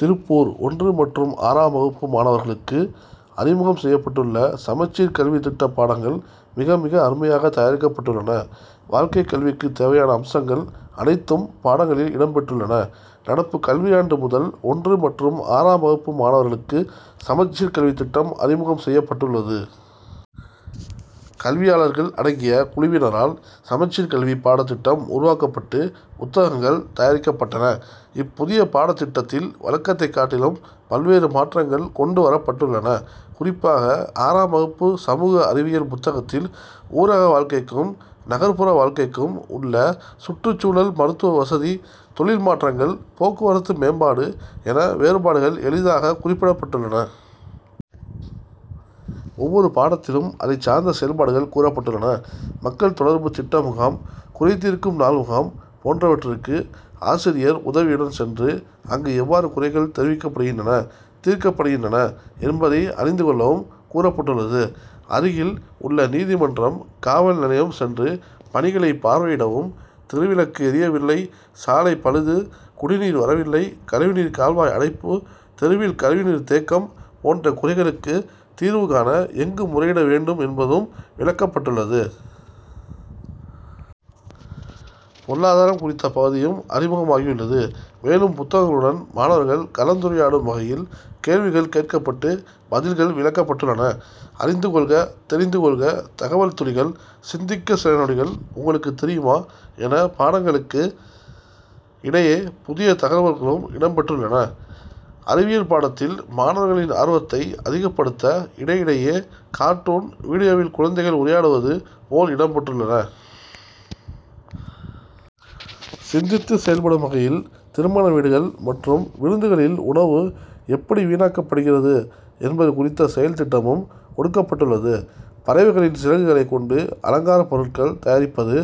திருப்பூர் ஒன்று மற்றும் ஆறாம் வகுப்பு மாணவர்களுக்கு அறிமுகம் செய்யப்பட்டுள்ள, சமச்சீர் கல்வித்திட்ட பாடங்கள் மிக, மிக அருமையாக தயாரிக்கப்பட்டுள்ளன. வாழ்க்கை கல்விக்கு தேவையான அம்சங்கள் அனைத்தும், பாடங்களில் இடம் பெற்றுள்ளன. நடப்பு கல்வியாண்டு முதல் ஒன்று மற்றும் ஆறாம் வகுப்பு மாணவர்களுக்கு சமச்சீர் கல்வித்திட்டம் அறிமுகம் செய்யப்பட்டுள்ளது. கல்வியாளர்கள் அடங்கிய குழுவினரால், சமச்சீர் கல்வி பாடத்திட்டம் உருவாக்கப்பட்டு, புத்தகங்கள் தயாரிக்கப்பட்டன. இப்புதிய பாடத்திட்டத்தில், வழக்கத்தை காட்டிலும் பல்வேறு மாற்றங்கள் கொண்டு வரப்பட்டுள்ளன. குறிப்பாக, ஆறாம் வகுப்பு சமூக அறிவியல் புத்தகத்தில் ஊரக வாழ்க்கைக்கும், நகர்ப்புற வாழ்க்கைக்கும் உள்ள சுற்றுச்சூழல், மருத்துவ வசதி, தொழில் மாற்றங்கள், போக்குவரத்து மேம்பாடு என வேறுபாடுகள் எளிதாக குறிப்பிடப்பட்டுள்ளன. ஒவ்வொரு பாடத்திலும், அதைச்சார்ந்த செயல்பாடுகள் கூறப்பட்டுள்ளன. மக்கள் தொடர்பு திட்ட முகாம், குறைதீர்க்கும் நாள் முகாம் போன்றவற்றுக்கு ஆசிரியர் உதவியுடன் சென்று அங்கு எவ்வாறு குறைகள் தெரிவிக்கப்படுகின்றன, தீர்க்கப்படுகின்றன என்பதை அறிந்து கொள்ளவும் கூறப்பட்டுள்ளது. அருகில் உள்ள நீதிமன்றம், காவல் நிலையம் சென்று பணிகளை பார்வையிடவும், தெருவிளக்கு எரியவில்லை, சாலை பழுது, குடிநீர் வரவில்லை, கழிவு நீர் கால்வாய் அடைப்பு, தெருவில் கழிவு நீர் தேக்கம் போன்ற குறைகளுக்கு தீர்வு காண, எங்கு முறையிட வேண்டும் என்பதும் விளக்கப்பட்டுள்ளது. பெருளாதாரம் குறித்த பகுதியும் அறிமுகமாகியுள்ளது. மேலும், புத்தகங்களுடன் மாணவர்கள் கலந்துரையாடும் வகையில், கேள்விகள் கேட்கப்பட்டு பதில்கள் விளக்கப்பட்டுள்ளன. அறிந்து கொள்க, தெரிந்து கொள்க, தகவல் துளிகள், சிந்திக்க சில நொடிகள், உங்களுக்கு தெரியுமா என பாடங்களுக்கு இடையே புதிய தகவல்களும் இடம் பெற்றுள்ளன. அறிவியல் பாடத்தில், மாணவர்களின் ஆர்வத்தை அதிகப்படுத்த இடையிடையே கார்ட்டூன், வீடியோவில் குழந்தைகள் உரையாடுவது போல் இடம் பெற்றுள்ளன. சிந்தித்து செயல்படும் வகையில், திருமண வீடுகள் மற்றும் விருந்துகளில் உணவு எப்படி வீணாக்கப்படுகிறது என்பது குறித்த செயல் திட்டமும் கொடுக்கப்பட்டுள்ளது. பறவைகளின் சிறகுகளை கொண்டு அலங்கார பொருட்கள் தயாரிப்பது,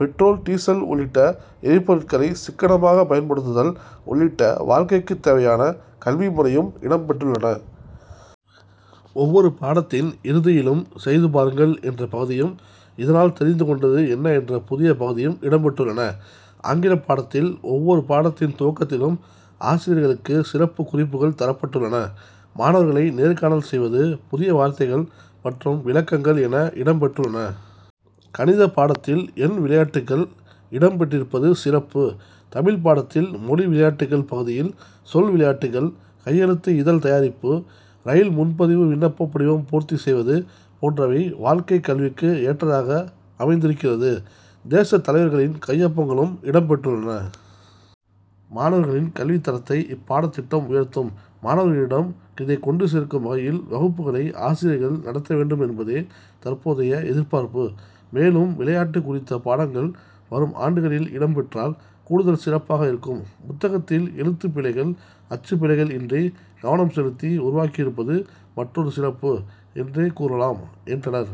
பெட்ரோல், டீசல் உள்ளிட்ட எரிபொருட்களை சிக்கனமாக பயன்படுத்துதல் உள்ளிட்ட வாழ்க்கைக்கு தேவையான கல்வி முறையும் இடம் பெற்றுள்ளன. ஒவ்வொரு பாடத்தின் இறுதியிலும், செய்து பாருங்கள் என்ற பகுதியும், இதனால் தெரிந்து கொண்டது என்ன என்ற புதிய பகுதியும் இடம் பெற்றுள்ளன. ஆங்கிலப் பாடத்தில், ஒவ்வொரு பாடத்தின் துவக்கத்திலும் ஆசிரியர்களுக்கு சிறப்பு குறிப்புகள் தரப்பட்டுள்ளன. மாணவர்களை நேர்காணல் செய்வது, புதிய வார்த்தைகள் மற்றும் விளக்கங்கள் என இடம் பெற்றுள்ளன. கணித பாடத்தில், எண் விளையாட்டுகள் இடம் பெற்றிருப்பது சிறப்பு. தமிழ் பாடத்தில், மொழி விளையாட்டுகள் பகுதியில், சொல் விளையாட்டுகள், கையெழுத்து இதழ் தயாரிப்பு, ரயில் முன்பதிவு விண்ணப்ப படிவம் பூர்த்தி செய்வது போன்றவை வாழ்க்கை கல்விக்கு ஏற்றதாக அமைந்திருக்கிறது, தேச தலைவர்களின் கையொப்பங்களும் இடம் பெற்றுள்ளன. மாணவர்களின் கல்வி தரத்தை இப்பாடத்திட்டம் உயர்த்தும். மாணவர்களிடம் இதை கொண்டு சேர்க்கும் வகையில் வகுப்புகளை ஆசிரியர்கள் நடத்த வேண்டும் என்பதே தற்போதைய எதிர்பார்ப்பு. மேலும், விளையாட்டு குறித்த பாடங்கள் வரும் ஆண்டுகளில் இடம் பெற்றால், கூடுதல் சிறப்பாக இருக்கும். புத்தகத்தில், எழுத்து பிழைகள், அச்சு பிழைகள் இன்றி, கவனம் செலுத்தி உருவாக்கி இருப்பது, மற்றொரு சிறப்பு என்றே கூறலாம், என்றனர்.